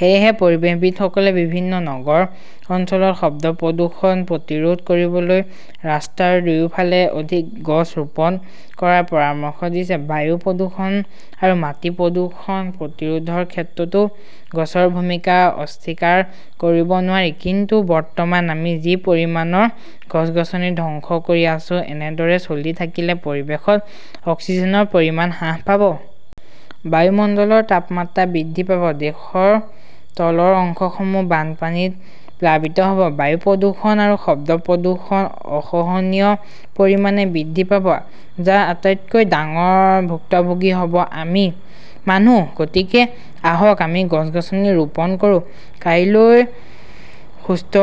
সেয়েহে পৰিৱেশবিদসকলে বিভিন্ন নগৰ অঞ্চলত শব্দ প্ৰদূষণ প্ৰতিৰোধ কৰিবলৈ ৰাস্তাৰ দুয়োফালে অধিক গছ ৰোপণ কৰাৰ পৰামৰ্শ দিছে। বায়ু প্ৰদূষণ আৰু মাটি প্ৰদূষণ প্ৰতিৰোধৰ ক্ষেত্ৰতো গছৰ ভূমিকা অস্বীকাৰ কৰিব নোৱাৰি। কিন্তু বৰ্তমান আমি যি পৰিমাণৰ গছ-গছনি ধ্বংস কৰি আছো, এনেদৰে চলি থাকিলে পৰিৱেশত অক্সিজেনৰ পৰিমাণ হ্ৰাস পাব। বায়ুমণ্ডলৰ তাপমাত্ৰা বৃদ্ধি পাব। দেশৰ তলৰ অংশসমূহ বানপানীত প্লাবিত হ'ব। বায়ু প্ৰদূষণ আৰু শব্দ প্ৰদূষণ অসহনীয় পৰিমাণে বৃদ্ধি পাব, যাৰ আটাইতকৈ ডাঙৰ ভুক্তভোগী হ'ব আমি মানুহ। গতিকে আহক আমি গছ-গছনি ৰোপণ কৰো। কাইলৈৰ সুস্থ,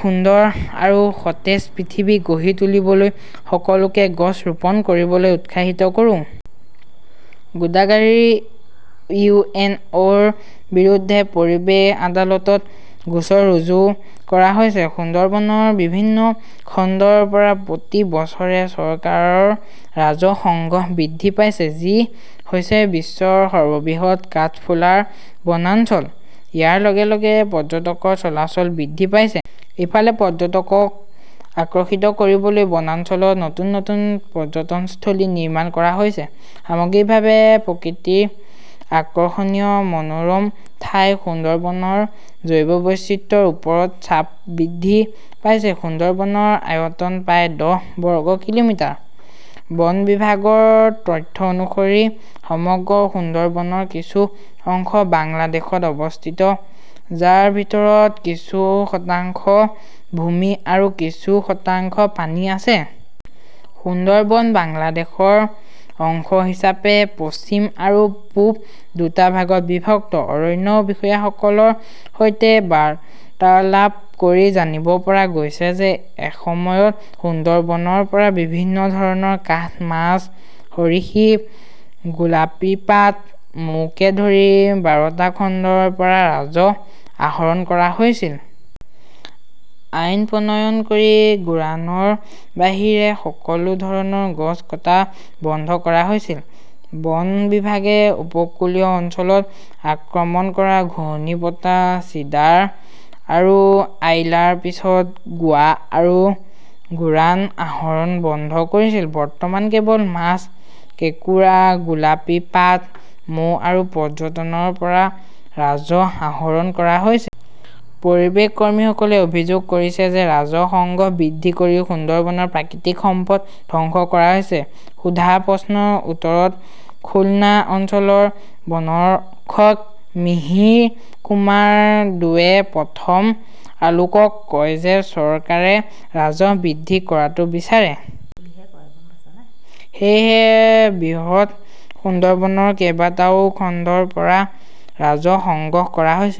সুন্দৰ আৰু সতেজ পৃথিৱী গঢ়ি তুলিবলৈ সকলোকে গছ ৰোপণ কৰিবলৈ উৎসাহিত কৰো। গোদাগাড়ীৰ ইউ. এন. অ'. -ৰ বিৰুদ্ধে পৰিৱেশ আদালতত গোচৰ ৰুজু কৰা হৈছে। সুন্দৰবনৰ বিভিন্ন খণ্ডৰ পৰা প্ৰতি বছৰে চৰকাৰৰ ৰাজহ সংগ্ৰহ বৃদ্ধি পাইছে, যি হৈছে বিশ্বৰ সৰ্ববৃহৎ কাঠফুলাৰ বনাঞ্চল। ইয়াৰ লগে লগে পৰ্যটকৰ চলাচল বৃদ্ধি পাইছে। ইফালে, পৰ্যটকক আকৰ্ষিত কৰিবলৈ বনাঞ্চলত নতুন নতুন পৰ্যটনস্থলী নিৰ্মাণ কৰা হৈছে। সামগ্ৰিকভাৱে, প্ৰকৃতিৰ আকৰ্ষণীয় মনোৰম ঠাই সুন্দৰবনৰ জৈৱ বৈচিত্ৰ্যৰ ওপৰত চাপ বৃদ্ধি পাইছে। সুন্দৰবনৰ আয়তন প্ৰায় দহ বৰ্গ কিলোমিটাৰ। বন বিভাগৰ তথ্য অনুসৰি সমগ্ৰ সুন্দৰবনৰ কিছু অংশ বাংলাদেশত অৱস্থিত, যাৰ ভিতৰত কিছু শতাংশ ভূমি আৰু কিছু শতাংশ পানী আছে। সুন্দৰবন বাংলাদেশৰ অংশ হিচাপে পশ্চিম আৰু পূব দুটা ভাগত বিভক্ত। অৰণ্য বিষয়াসকলৰ সৈতে বাৰ্তালাপ কৰি জানিব পৰা গৈছে যে এসময়ত সুন্দৰবনৰ পৰা বিভিন্ন ধৰণৰ কাঠ, মাছ, সৰীসৃপ, গোলাপী পাত, মৌকে ধৰি বাৰটা খণ্ডৰ পৰা ৰাজহ আহৰণ কৰা হৈছিল। আইন প্ৰণয়ন কৰি গোৰানৰ বাহিৰে সকলো ধৰণৰ গছ কটা বন্ধ কৰা হৈছিল। বন বিভাগে উপকূলীয় অঞ্চলত আক্ৰমণ কৰা ঘূৰ্ণীবতাহ চিডাৰ আৰু আইলাৰ পিছত গোৱা আৰু গোৰান আহৰণ বন্ধ কৰিছিল। বৰ্তমান কেৱল মাছ, কেঁকোৰা, গোলাপী পাত, মৌ আৰু পৰ্যটনৰ পৰা ৰাজহ আহৰণ কৰা হৈছে। পৰিৱেশ কৰ্মীসকলে অভিযোগ কৰিছে যে ৰাজহ সংগ্ৰহ বৃদ্ধি কৰি সুন্দৰবনৰ প্ৰাকৃতিক সম্পদ ধ্বংস কৰা হৈছে। সোধা প্ৰশ্নৰ উত্তৰত খুলনা অঞ্চলৰ বনৰক্ষক মিহিৰ কুমাৰ ডোৱে প্ৰথম আলোকক কয় যে চৰকাৰে ৰাজহ বৃদ্ধি কৰাটো বিচাৰে। সেয়েহে, বৃহৎ সুন্দৰবনৰ কেইবাটাও খণ্ডৰ পৰা ৰাজহ সংগ্ৰহ কৰা হৈছে।